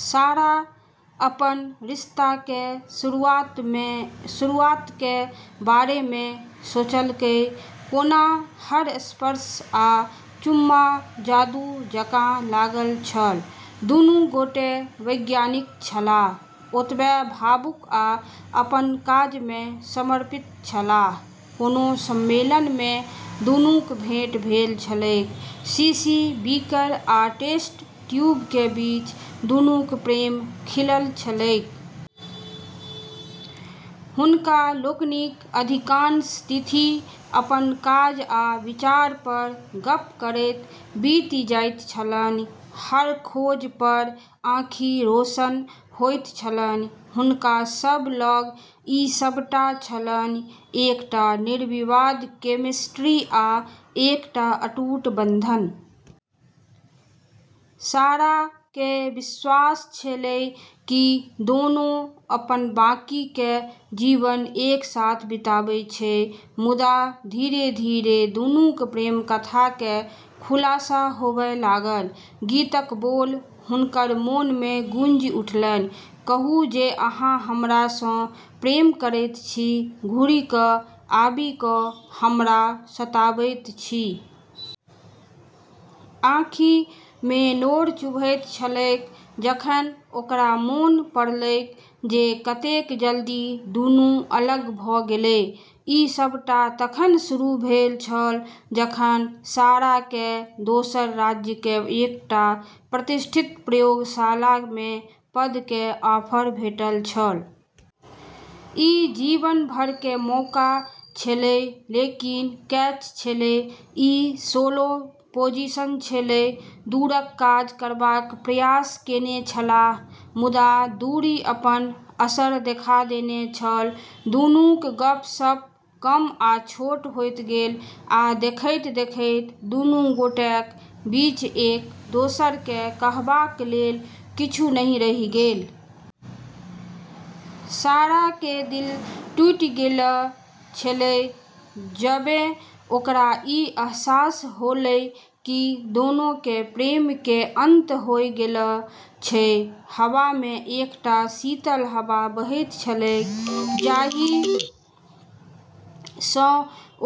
सारा अपन रिश्ता के शुरुआत के बारे में सोचलकै, कोना हर स्पर्श आ चुम्मा जादू जकाँ लागल छल। दुनू गोटे वैज्ञानिक छलाह, ओतबे भावुक आ अपन काज मे समर्पित छलाह। कोनो सम्मेलन मे दुनूक भेंट भेल छलैक, शीशी, बीकर, आ टेस्ट ट्यूब के बीच दुनूक प्रेम खिलल छलैक। हुनका लोकनिक अधिकांश तिथि अपन काज आ विचार पर गप्प करैत बीति जाइत छलनि, हर खोज पर आँखि रोशन होइत छलनि। हुनका सब लग ई सबटा छलनि, एकटा निर्विवाद केमिस्ट्री आ एकटा अटूट बंधन। सारा के विश्वास छेलै कि दोनों अपन बाकी के जीवन एक साथ बिताबै छै। मुदा धीरे-धीरे दुनूक प्रेमकथा के खुलासा होबय लागल। गीतक बोल हुनकर मोन मे गूँजि उठलनि, "कहू जे अहाँ हमरा सँ प्रेम करैत छी, घुरि क' आबि क' हमरा सताबैत छी।" आँखि मे नोर चुभैत छलैक जखन ओकरा मोन पड़लैक जे कतेक जल्दी दुनू अलग भ' गेलै। ई सबटा तखन शुरू भेल छल जखन सारा के दोसर राज्य के एकटा प्रतिष्ठित प्रयोगशाला मे पद के ऑफर भेटल छल। ई जीवन भर के मौका छेलै, लेकिन कैच छेलै, ई सोलो पोजीशन छेलै। दूरक काज करबाक प्रयास केने छलाह, मुदा दूरी अपन असर देखा देने छल। दुनूक गप्प-सप्प कम आ छोट होइत गेल, आ देखैत-देखैत दुनू गोटेक बीच एक-दोसर केँ कहबाक लेल किछु नहि रहि गेल। सारा के दिल टूटी गेलऽ छेलै जबेॅ ओकरा ई अहसास होलै कि दोनों के प्रेम के अंत होय गेलऽ छै। हवा मे एकटा शीतल हवा बहैत छलैक, जाहि सँ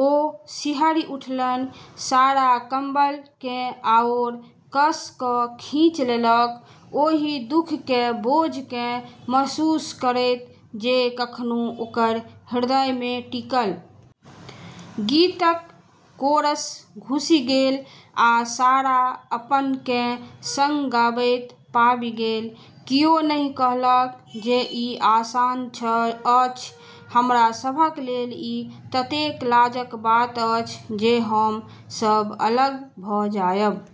ओ सिहरि उठलनि। सारा कम्बल केँ आओर कस क' खींच लेलक, ओहि दुख के बोझ केँ महसूस करैत जे एखनो ओकर हृदय मे टिकल छलैक। गीतक कोरस घुसि गेल आ सारा अपन केँ संग गाबैत पाबि गेल, "कियो नहि कहलक जे ई आसान अछि, हमरा सभक लेल ई ततेक लाजक बात अछि जे हम सभ अलग भ' जायब।"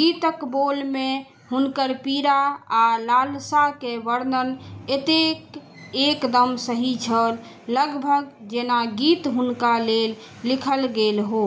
गीतक बोल मे हुनकर पीड़ा आ लालसा के वर्णन एतेक एकदम सही छल; लगभग जेना गीत हुनका लेल लिखल गेल हो।